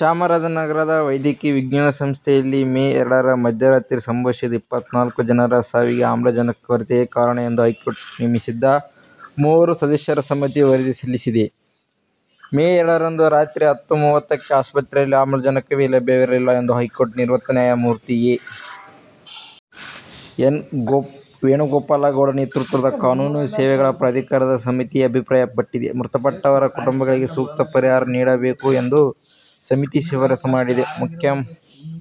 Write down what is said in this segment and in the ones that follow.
ಚಾಮರಾಜನಗರ ವೈದ್ಯಕೀಯ ವಿಜ್ಞಾನ ಸಂಸ್ಥೆಯಲ್ಲಿ ಮೇ ಎರಡರ ಮಧ್ಯರಾತ್ರಿ ಸಂಭವಿಸಿದ ಇಪ್ಪತ್ತ ನಾಲ್ಕು ಜನರ ಸಾವಿಗೆ ಆಮ್ಲಜನಕ ಕೊರತೆಯೇ ಕಾರಣ ಎಂದು ಹೈಕೋರ್ಟ್ ನೇಮಿಸಿದ್ದ ಮೂವರು ಸದಸ್ಯರ ಸಮಿತಿ ವರದಿ ಸಲ್ಲಿಸಿದೆ. ಮೇ ಎರಡರಂದು ರಾತ್ರಿ ಹತ್ತು ಮೂವತ್ತಕ್ಕೆ ಆಸ್ಪತ್ರೆಯಲ್ಲಿ ಆಮ್ಲಜನಕವೇ ಲಭ್ಯವಿರಲಿಲ್ಲ' ಎಂದು ಹೈಕೋರ್ಟ್ ನಿವೃತ್ತ ನ್ಯಾಯಮೂರ್ತಿ ಎ. ಎನ್. ವೇಣುಗೋಪಾಲಗೌಡ ನೇತೃತ್ವದ ಕಾನೂನು ಸೇವೆಗಳ ಪ್ರಾಧಿಕಾರದ ಸಮಿತಿ ಅಭಿಪ್ರಾಯಪಟ್ಟಿದೆ. ಮೃತಪಟ್ಟವರ ಕುಟುಂಬಗಳಿಗೆ ಸೂಕ್ತ ಪರಿಹಾರ ನೀಡಬೇಕು ಎಂದು ಸಮಿತಿ ಶಿಫಾರಸು ಮಾಡಿದೆ. ಮುಖ್ಯ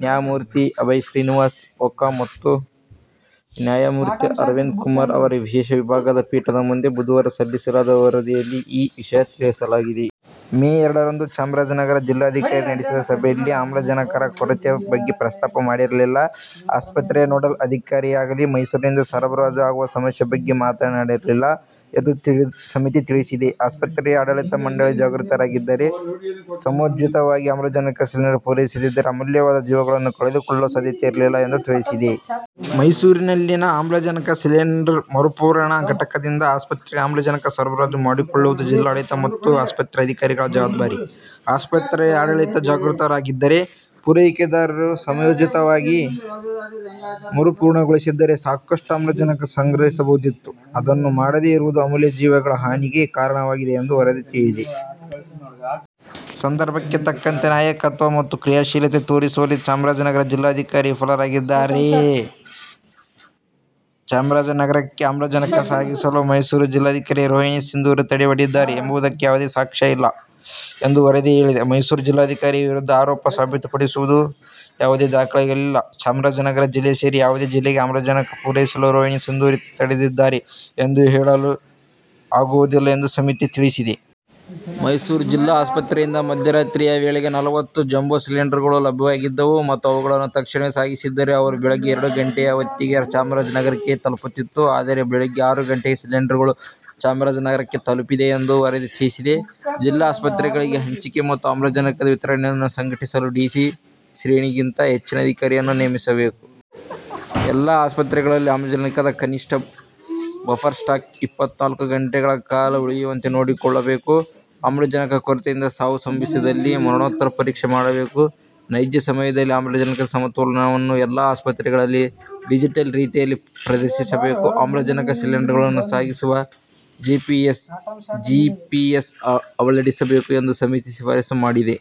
ನ್ಯಾಯಮೂರ್ತಿ ಅಭಯ್ ಶ್ರೀನಿವಾಸ್ ಓಕಾ ಮತ್ತು ನ್ಯಾಯಮೂರ್ತಿ ಅರವಿಂದ್ ಕುಮಾರ್ ಅವರ ವಿಶೇಷ ವಿಭಾಗದ ಪೀಠದ ಮುಂದೆ ಬುಧವಾರ ಸಲ್ಲಿಸಲಾದ ವರದಿಯಲ್ಲಿ ಈ ವಿಷಯ ತಿಳಿಸಲಾಗಿದೆ. ಮೇ ಎರಡರಂದು ಚಾಮರಾಜನಗರ ಜಿಲ್ಲಾಧಿಕಾರಿ ನಡೆಸಿದ ಸಭೆಯಲ್ಲಿ ಆಮ್ಲಜನಕರ ಕೊರತೆ ಬಗ್ಗೆ ಪ್ರಸ್ತಾಪ ಮಾಡಿರಲಿಲ್ಲ, ಆಸ್ಪತ್ರೆಯ ನೋಡಲ್ ಅಧಿಕಾರಿಯಾಗಲಿ ಮೈಸೂರಿನಿಂದ ಸರಬರಾಜು ಆಗುವ ಸಮಸ್ಯೆ ಬಗ್ಗೆ ಮಾತನಾಡಿರಲಿಲ್ಲ ಎಂದು ಸಮಿತಿ ತಿಳಿಸಿದೆ. ಆಸ್ಪತ್ರೆಯ ಆಡಳಿತ ಮಂಡಳಿ ಜಾಗರೂಕವಾಗಿದಿದ್ದರೇ ಸಮಯೋಚಿತವಾಗಿ ಆಮ್ಲಜನಕ ಸಿಲಿಂಡರ್ ಪೂರೈಸಿದ್ದರೆ ಅಮೂಲ್ಯವಾದ ಜೀವಗಳನ್ನು ಕಳೆದುಕೊಳ್ಳುವ ಸಾಧ್ಯತೆ ಇರಲಿಲ್ಲ ಎಂದು ತಿಳಿಸಿದೆ. 'ಮೈಸೂರಿನಲ್ಲಿನ ಆಮ್ಲಜನಕ ಸಿಲಿಂಡರ್ ಮರುಪೂರಣ ಘಟಕದಿಂದ ಆಸ್ಪತ್ರೆಗೆ ಆಮ್ಲಜನಕ ಸರಬರಾಜು ಮಾಡಿಕೊಳ್ಳುವುದು ಜಿಲ್ಲಾಡಳಿತ ಮತ್ತು ಆಸ್ಪತ್ರೆ ಅಧಿಕಾರಿಗಳ ಜವಾಬ್ದಾರಿ. ಆಸ್ಪತ್ರೆಯ ಆಡಳಿತ ಜಾಗರೂಕರಾಗಿದ್ದರೆ, ಪೂರೈಕೆದಾರರು ಸಮಯೋಚಿತವಾಗಿ ಮರುಪೂರಣಗೊಳಿಸಿದ್ದರೆ ಸಾಕಷ್ಟು ಆಮ್ಲಜನಕ ಸಂಗ್ರಹಿಸಬಹುದಿತ್ತು. ಅದನ್ನು ಮಾಡದೆ ಇರುವುದು ಅಮೂಲ್ಯ ಜೀವಗಳ ಹಾನಿಗೆ ಕಾರಣವಾಗಿದೆ' ಎಂದು ವರದಿ ಹೇಳಿದೆ. 'ಸಂದರ್ಭಕ್ಕೆ ತಕ್ಕಂತೆ ನಾಯಕತ್ವ ಮತ್ತು ಕ್ರಿಯಾಶೀಲತೆ ತೋರಿಸುವಲ್ಲಿ ಚಾಮರಾಜನಗರ ಜಿಲ್ಲಾಧಿಕಾರಿ ವಿಫಲವಾಗಿದ್ದಾರೆ. ಚಾಮರಾಜನಗರಕ್ಕೆ ಆಮ್ಲಜನಕ ಸಾಗಿಸಲು ಮೈಸೂರು ಜಿಲ್ಲಾಧಿಕಾರಿ ರೋಹಿಣಿ ಸಿಂಧೂರಿ ತಡೆ ಒಡ್ಡಿದ್ದಾರೆ ಎಂಬುದಕ್ಕೆ ಯಾವುದೇ ಸಾಕ್ಷ್ಯ ಇಲ್ಲ' ಎಂದು ವರದಿ ಹೇಳಿದೆ. ಮೈಸೂರು ಜಿಲ್ಲಾಧಿಕಾರಿ ವಿರುದ್ಧ ಆರೋಪ ಸಾಬೀತುಪಡಿಸುವ ಯಾವುದೇ ದಾಖಲೆಗಳಿಲ್ಲ. ಚಾಮರಾಜನಗರ ಜಿಲ್ಲೆ ಸೇರಿ ಯಾವುದೇ ಜಿಲ್ಲೆಗೆ ಆಮ್ಲಜನಕ ಪೂರೈಸಲು ರೋಹಿಣಿ ಸಿಂಧೂರಿ ತಡೆದಿದ್ದಾರೆ ಎಂದು ಹೇಳಲು ಆಗುವುದಿಲ್ಲ ಎಂದು ಸಮಿತಿ ತಿಳಿಸಿದೆ. ಮೈಸೂರು ಜಿಲ್ಲಾ ಆಸ್ಪತ್ರೆಯಿಂದ ಮಧ್ಯರಾತ್ರಿಯ ವೇಳೆಗೆ ನಲವತ್ತು ಜಂಬೋ ಸಿಲಿಂಡರ್ಗಳು ಲಭ್ಯವಾಗಿದ್ದವು ಮತ್ತು ಅವುಗಳನ್ನು ತಕ್ಷಣವೇ ಸಾಗಿಸಿದ್ದರೆ, ಅವರು ಬೆಳಿಗ್ಗೆ ಎರಡು ಗಂಟೆಯ ಹೊತ್ತಿಗೆ ಚಾಮರಾಜನಗರಕ್ಕೆ ತಲುಪುತ್ತಿತ್ತು. ಆದರೆ ಬೆಳಿಗ್ಗೆ ಆರು ಗಂಟೆಗೆ ಸಿಲಿಂಡರ್ಗಳು ಚಾಮರಾಜನಗರಕ್ಕೆ ತಲುಪಿದೆ ಎಂದು ವರದಿ ತಿಳಿಸಿದೆ. ಜಿಲ್ಲಾ ಆಸ್ಪತ್ರೆಗಳಿಗೆ ಹಂಚಿಕೆ ಮತ್ತು ಆಮ್ಲಜನಕದ ವಿತರಣೆಯನ್ನು ಸಂಘಟಿಸಲು ಡಿಸಿ ಶ್ರೇಣಿಗಿಂತ ಹೆಚ್ಚಿನ ಅಧಿಕಾರಿಯನ್ನು ನೇಮಿಸಬೇಕು. ಎಲ್ಲಾ ಆಸ್ಪತ್ರೆಗಳಲ್ಲಿ ಆಮ್ಲಜನಕದ ಕನಿಷ್ಠ ಬಫರ್ ಸ್ಟಾಕ್ ಇಪ್ಪತ್ತ ನಾಲ್ಕು ಗಂಟೆಗಳ ಕಾಲ ಉಳಿಯುವಂತೆ ನೋಡಿಕೊಳ್ಳಬೇಕು. ಆಮ್ಲಜನಕ ಕೊರತೆಯಿಂದ ಸಾವು ಸಂಭವಿಸಿದಲ್ಲಿ ಮರಣೋತ್ತರ ಪರೀಕ್ಷೆ ಮಾಡಬೇಕು, ನೈಜ ಸಮಯದಲ್ಲಿ ಆಮ್ಲಜನಕದ ಸಮತೋಲನವನ್ನು ಎಲ್ಲಾ ಆಸ್ಪತ್ರೆಗಳಲ್ಲಿ ಡಿಜಿಟಲ್ ರೀತಿಯಲ್ಲಿ ಪ್ರದರ್ಶಿಸಬೇಕು. ಆಮ್ಲಜನಕ ಸಿಲಿಂಡರ್ಗಳನ್ನು ಸಾಗಿಸುವಾಗ ಜಿಪಿಎಸ್ ಅಳವಡಿಸಬೇಕು ಎಂದು ಸಮಿತಿ ಶಿಫಾರಸು ಮಾಡಿದೆ.